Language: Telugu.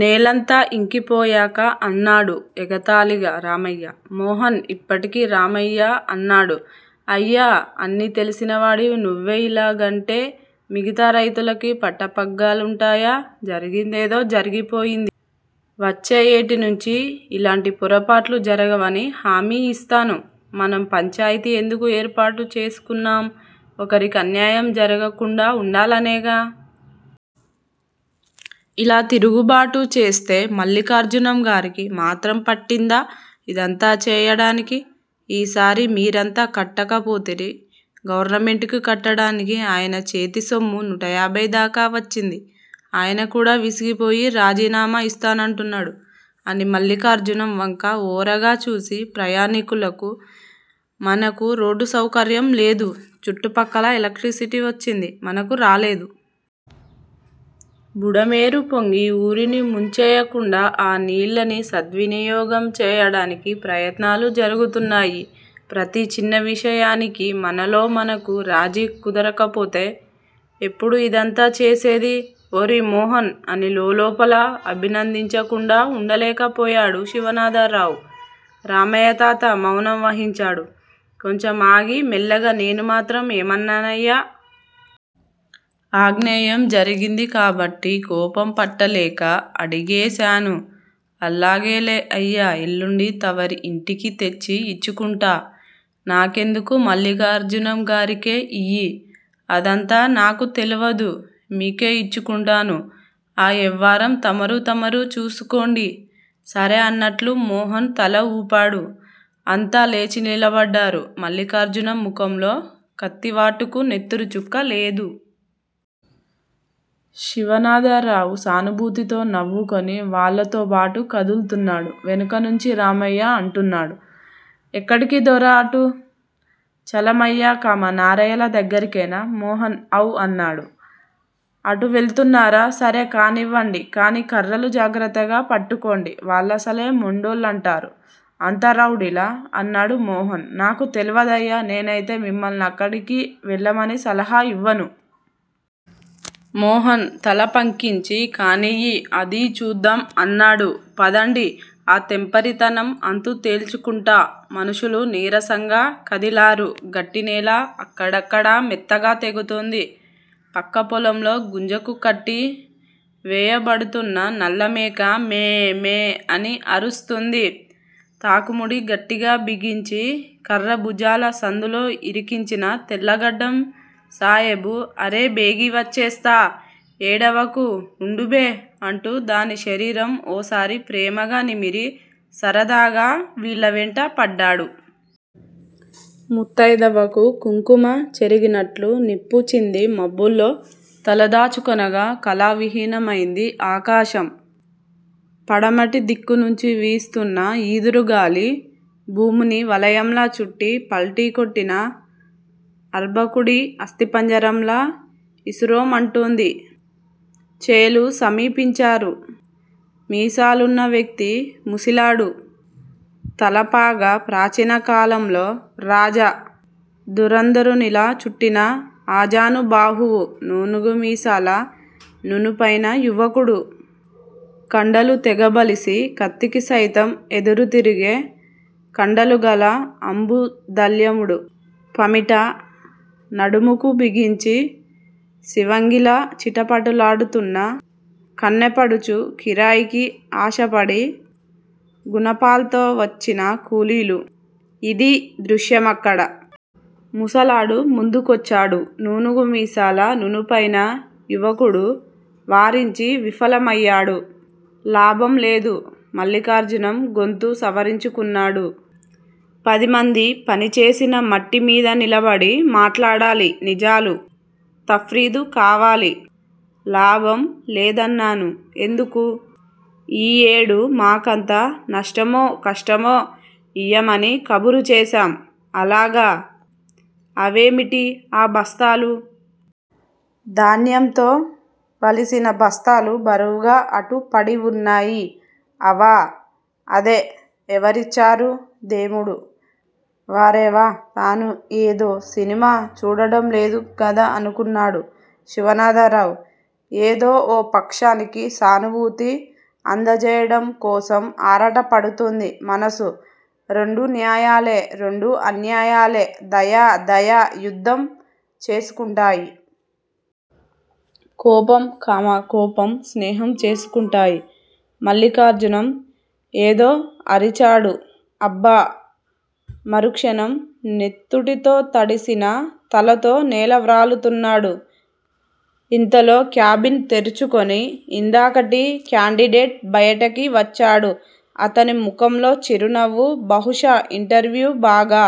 నేలంతా యింకిపోయాక అన్నాడు ఎగతాళిగా రామయ్య. మోహన్ యిప్పటికి రామయ్యా అన్నాడు. అయ్యా! అన్నీ తెలిసినవాడివి నువ్వే యిలాగంటే మిగతా రైతులకి పట్టపగ్గాలుంటాయా? జరిగిందేదో జరిగిపోయింది. వచ్చే యేటినుంచి యిలాంటి పొరపాట్లు జరగవని హామీ యిస్తాను. మనం పంచాయితీ ఎందుకు ఏర్పాటు చేసుకున్నాం? ఒకరికి అన్యాయం జరక్కుండా వుండాలనేగా! ఇలా తిరుగుబాటు చేస్తే మల్లిఖార్జునంగారికి మాత్రం పట్టిందా ఇదంతా చేయటానికి? ఈసారి మీరంతా కట్టకపోతిరి గవర్నమెంటుకి కట్టడానికి ఆయనచేతిసొమ్ము నూటయాభై యి దాకా వదిలింది. ఆయనకూడా విసిగిపోయి రాజీనామా ఇస్తానంటున్నాడు అని మల్లిఖార్జునం వంక ఓరగా చూసి ప్రయాణాలకు మనకు రోడ్డుసౌకర్యం లేదు. చుట్టుప్రక్కల ఎలక్ట్రిసిటీ వచ్చింది, మనకు రాలేదు. బుడమేరుపొంగి ఊరిని ముంచేయకుండా ఆ నీళ్ళని సద్వినియోగం చేయడానికి ప్రయత్నాలు జరుగుతున్నాయి. ప్రతి చిన్నవిషయానికీ మనలో మనకు రాజీ కుదరకపోతే ఎవడూ ఇదంతా చేసేదీ? ఓరి మోహన్ అని లోలోపల అభినందించకుండా వుండలేకపోయాడు శివనాథరావు. రామయ్యతాత మౌనం వహించాడు. కొంచెం ఆగి మెల్లగా నేను మాత్రం ఏమన్నానయ్యా? ఆగ్నేయం జరిగింది కాబట్టి కోపం పట్టలేక అడిగేశాను అల్లాగేలే అయ్యా ఎల్లుండి తవరి యింటికి తెచ్చి యిచ్చుకుంటా. నాకెందుకూ? మల్లిఖార్జునంగారికే ఇయ్యి. అదంతా నాకుతెలవదు. మీకే ఇచ్చుకుంటాను. ఆ యవ్వారం తమరూ తమరూ చూసుకోండి. సరే అన్నట్లు మోహన్ తలఊపాడు. అంతా లేచినిలబడ్డారు. మల్లిఖార్జునం ముఖంలో కత్తివాటుకు నెత్తురుచుక్క లేదు. శివనాథరావు సానుభూతితో నవ్వుకుని వాళ్ళతోబాటు కదుల్తున్నాడు. వెనకనుంచి రామయ్య అంటున్నాడు ఎక్కడికి దొరా అటూ? చలమయ్యా, నారయ్యల దగ్గరకేనా? మోహన్ అవు నన్నాడు. అటు వెళ్తున్నారా? సరే కానివ్వండి కానీ కర్రలు జాగ్రత్తగా పట్టుకోండి. ఆళ్ళసలే మొండోళ్ళంటారు. అంత రౌడీలా? అన్నాడు మోహన్. నాకు తెలవదయ్యా నేనైతే మిమ్మల్ని అక్కడికి వెళ్ళమని సలహా ఇవ్వను. మోహన్ తల పంకించి కానియ్యి అదీ చూద్దాం అన్నాడు. పదండి, ఆ తెంపరితనం అంతు తేల్చుకుంటా. మనుషులు నీరసంగా కదిలారు. గట్టినెల అక్కడక్కడా మెత్తగా తెగుతోంది. ప్రక్కపొలంలో గుంజకు కట్టి వేయబడుతోన్న నల్లమేక మేమే అని అరుస్తోంది. తాకుముడి గట్టిగా బిగించి కర్ర భుజాల సందులో యిరికించిన తెల్లగడ్డం సాయిబు అరే బేగి వచ్చేస్తా, ఏడవకు వుండుబే అంటూ దాని శరీరం ఓసారి ప్రేమగా నిమిరి సరదాగా వీళ్ళవెంట పడ్డాడు. ముత్తయిదవకు కుంకుమ చెరిగినట్లు-నిప్పు చింది మబ్బుల్లో తలదాచుకొనగా, కళావిహీనమైంది ఆకాశం. పడమటి దిక్కునుంచి వీస్తోన్న ఈదురుగాలి భూమిని వలయంలా చుట్టి పల్టీ కొట్టిన అర్భకుడి అస్థిపంజరంలా యీసురోమంటోంది. చేలు సమీపించారు. మీసాలున్న వ్యక్తీ, ముసిలాడూ, తలపాగా ప్రాచీనకాలంలో రాజ దురంధరునిలా చుట్టిన ఆజానుబాహువూ, నూనూగుమీసాల నునుపైన యువకుడూ, కండలు తెగబలిసి, కత్తికిసైతం ఎదురుతిరిగే కండలుగల అంబుదళ్యాముడూ, పమిట నడుముకు బిగించి సివంగిలా చిటచిటలాడుతోన్న కన్నెపడుచూ, కిరాయికి ఆశపడి గునపాల్తో వచ్చిన కూలీలూ ఇదీ దృశ్యమక్కడ. ముసలాడు ముందుకొచ్చాడు. నూనుగుమీసాల నునుపైన యువకుడు వారించి విఫలమయ్యాడు. లాభం లేదు. మల్లిఖార్జునం గొంతు సవరించుకున్నాడు. పదిమంది పనిచేసిన మట్టిమీద నిలబడి మాట్లాడాలి నిజాలు. తఫ్రీదు కావాలి. లాభం లేదన్నాను. ఎందుకు? ఈ యేడు మాకంతా నష్టమే, కష్టమే ఇయ్యమని కబురుచేశాం. అలాగా? అవేమిటి ఆ బస్తాలూ? ధాన్యంతో బలిసిన బస్తాలు బరువుగా అటు పడివున్నాయి. అవా, అదే. ఎవరిచ్చారు? దేముడు. వారెవా! తాను ఏదో సినిమా చూడటంలేదు గదా అనుకున్నాడు శివనాథరావు. ఏదో ఓ పక్షానికి సానుభూతి అంధచేయటం కోసం ఆరాటపడుతోంది మనసు. రెండూ న్యాయాలే, రెండూ అన్యాయాలే. దయా, దయా యుద్ధం చేసుకుంటాయి. కోపం, కామ కోపం స్నేహం చేసుకుంటాయి. మల్లిఖార్జునం ఏదో అరిచాడు. అబ్బా! మరుక్షణం నెత్తుటితో తడిసిన తలతో నేలవ్రాలుతున్నాడు. ఇంతలో క్యాబిన్ తెర్చుకుని ఇందాకటి క్యాండిడేట్ బయటికి వచ్చాడు. అతని ముఖంలో చిరునవ్వు. బహుశా ఇంటర్వ్యూ బాగా